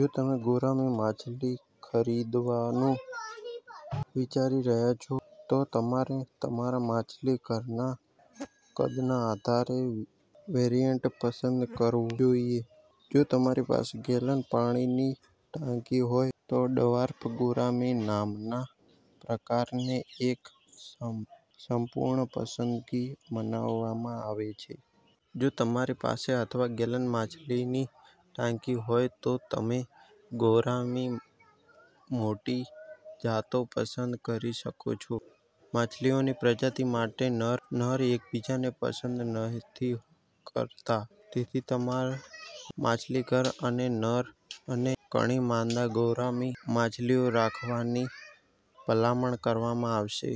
જો તમે ગૌરામી માછલી ખરીદવાનું વિચારી રહ્યા છો, તો તમારે તમારા માછલીઘરના કદના આધારે વેરિઅન્ટ પસંદ કરવું જોઈએ. જો તમારી પાસે -ગેલન પાણીની ટાંકી હોય તો ડ્વાર્ફ ગૌરામી નામના પ્રકારને એક સંપૂર્ણ પસંદગી માનવામાં આવે છે. જો તમારી પાસેઅથવા -ગેલન માછલીની ટાંકી હોય તો તમે ગૌરામીની મોટી જાતો પસંદ કરી શકો છો. માછલીઓનીપ્રજાતિ માટે, નર એકબીજાને પસંદ નથી કરતા, તેથી તમારા માછલીઘરમાં એક નર અને ઘણી માદા ગૌરામી માછલીઓ રાખવાની ભલામણ કરવામાં આવે છે.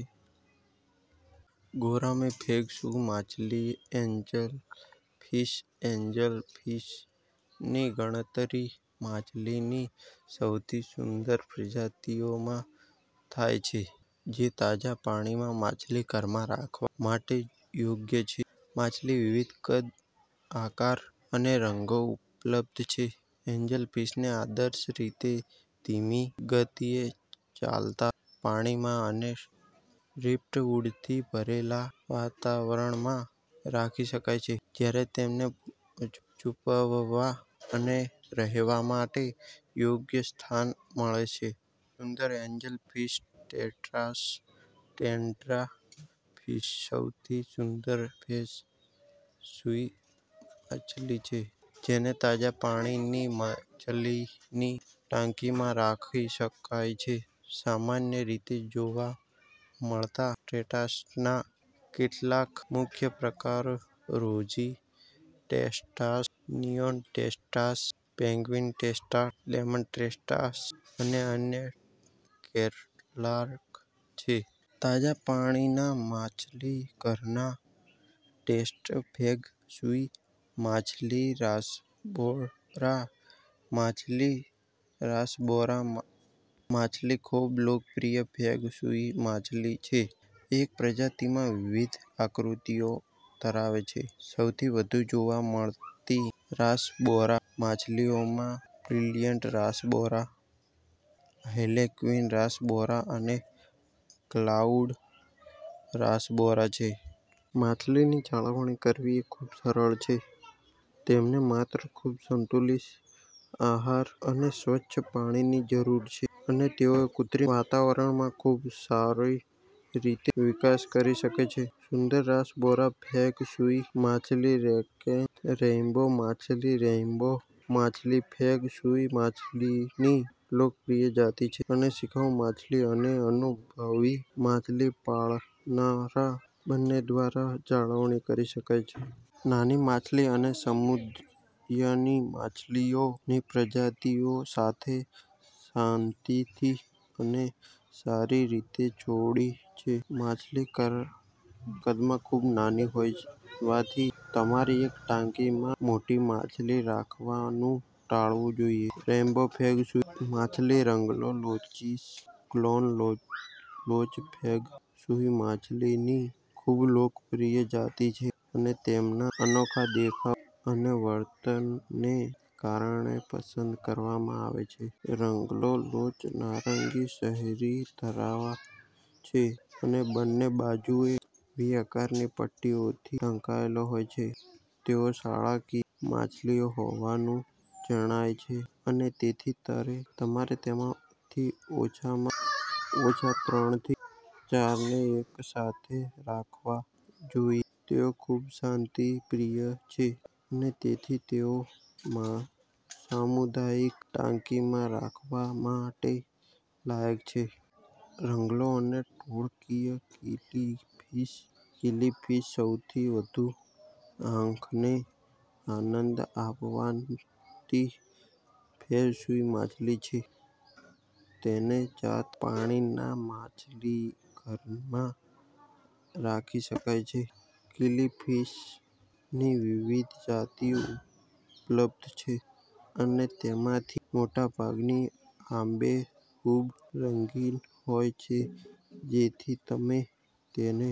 ગૌરામી ફેંગ શુઇ માછલીએન્જલફિશ એન્જલફિશની ગણતરી માછલીની સૌથી સુંદર પ્રજાતિઓમાં થાય છે જે તાજા પાણીના માછલીઘરમાં રાખવા માટે યોગ્ય છે. માછલી વિવિધ કદ, આકાર અને રંગોમાં ઉપલબ્ધ છે. એન્જલફિશને આદર્શ રીતે ધીમી ગતિએ ચાલતા પાણીમાં અને ડ્રિફ્ટવુડથી ભરેલા વાતાવરણમાં રાખી શકાય છે જ્યાં તેમને છુપાવવા અને રહેવા માટે યોગ્ય સ્થાન મળે છે. સુંદર એન્જલફિશ. ટેટ્રાસ ટેટ્રા ફિશસૌથી સુંદર ફેંગ શુઇ માછલી છે જેને તાજા પાણીની માછલીની ટાંકીમાં રાખી શકાય છે. સામાન્ય રીતે જોવા મળતા ટેટ્રાસના કેટલાક મુખ્ય પ્રકારો rosy tetras, neon tetras, penguin tetras, lemon tetras અને અન્ય કેટલાક છે. તાજા પાણીના માછલીઘરમાં ટેટ્રા ફેંગ શુઇ માછલીરાસબોરા માછલી રાસબોરા માછલીખૂબલોકપ્રિય ફેંગ શુઇ માછલી છે જે એકપ્રજાતિમાં વિવિધ આવૃત્તિઓ ધરાવે છે. સૌથી વધુ જોવા મળતી રાસબોરા માછલીઓમાં બ્રિલિયન્ટ રાસબોરા, હાર્લેક્વિન રાસબોરા અને ક્લાઉન રાસબોરા છે. માછલીની જાળવણી કરવી ખૂબસરળ છે. તેમને માત્ર સંતુલિત આહાર અને સ્વચ્છ પાણીની જરૂર છે અને તેઓ કૃત્રિમ વાતાવરણમાં ખૂબસારી રીતે વિકાસ કરી શકે છે. સુંદર રાસબોરા ફેંગ શુઇ માછલીરેઈન્બો માછલી રેઈન્બો માછલી ફેંગ શુઈ માછલીની લોકપ્રિય જાતિ છે અને શિખાઉ માણસ અને અનુભવી માછલી પાળનારા બંને દ્વારા જાળવણી કરી શકાય છે. નાની માછલી અન્ય સમુદાયની માછલીઓની પ્રજાતિઓ સાથે શાંતિથી અને સારી રીતે છોડે છે. માછલી કદમાં ખૂબ નાની હોવાથી, તમારે એકટાંકીમાં મોટી માછલી રાખવાનું ટાળવું જોઈએ. રેઈન્બો ફેંગ શુઇ માછલીરંગલો લોચીસ ક્લોન લોચફેંગ શુઇ માછલીની ખૂબલોકપ્રિય જાતિ છે અને તેમના અનોખા દેખાવ અને વર્તનને કારણે પસંદ કરવામાં આવે છે. રંગલો લોચ નારંગી શરીર ધરાવે છે અને બંને બાજુએ વી આકારની પટ્ટીઓથી ઢંકાયેલી હોય છે. તેઓ શાળાકીય માછલીઓ હોવાનું જણાય છે, અને તેથી તમારે તેમાંથી ઓછામાં ઓછા ત્રણથી ચારને એકસાથે રાખવા જોઈએ. તેઓ ખૂબશાંતિપ્રિય છે અને તેથી તેઓ સામુદાયિક ટાંકીમાં રાખવા માટે લાયક છે. રંગલો એક ટોળકીકિલીફિશ કિલીફિશસૌથી વધુ આંખને આનંદ આપતી ફેંગ શુઇ માછલી છે જેને તાજા પાણીના માછલીઘરમાં રાખી શકાય છે. કિલીફિશની વિવિધ જાતો ઉપલબ્ધ છે, અને તેમાંથી મોટાભાગની આબેહૂબ રંગીન હોય છે જેથી તમે તેને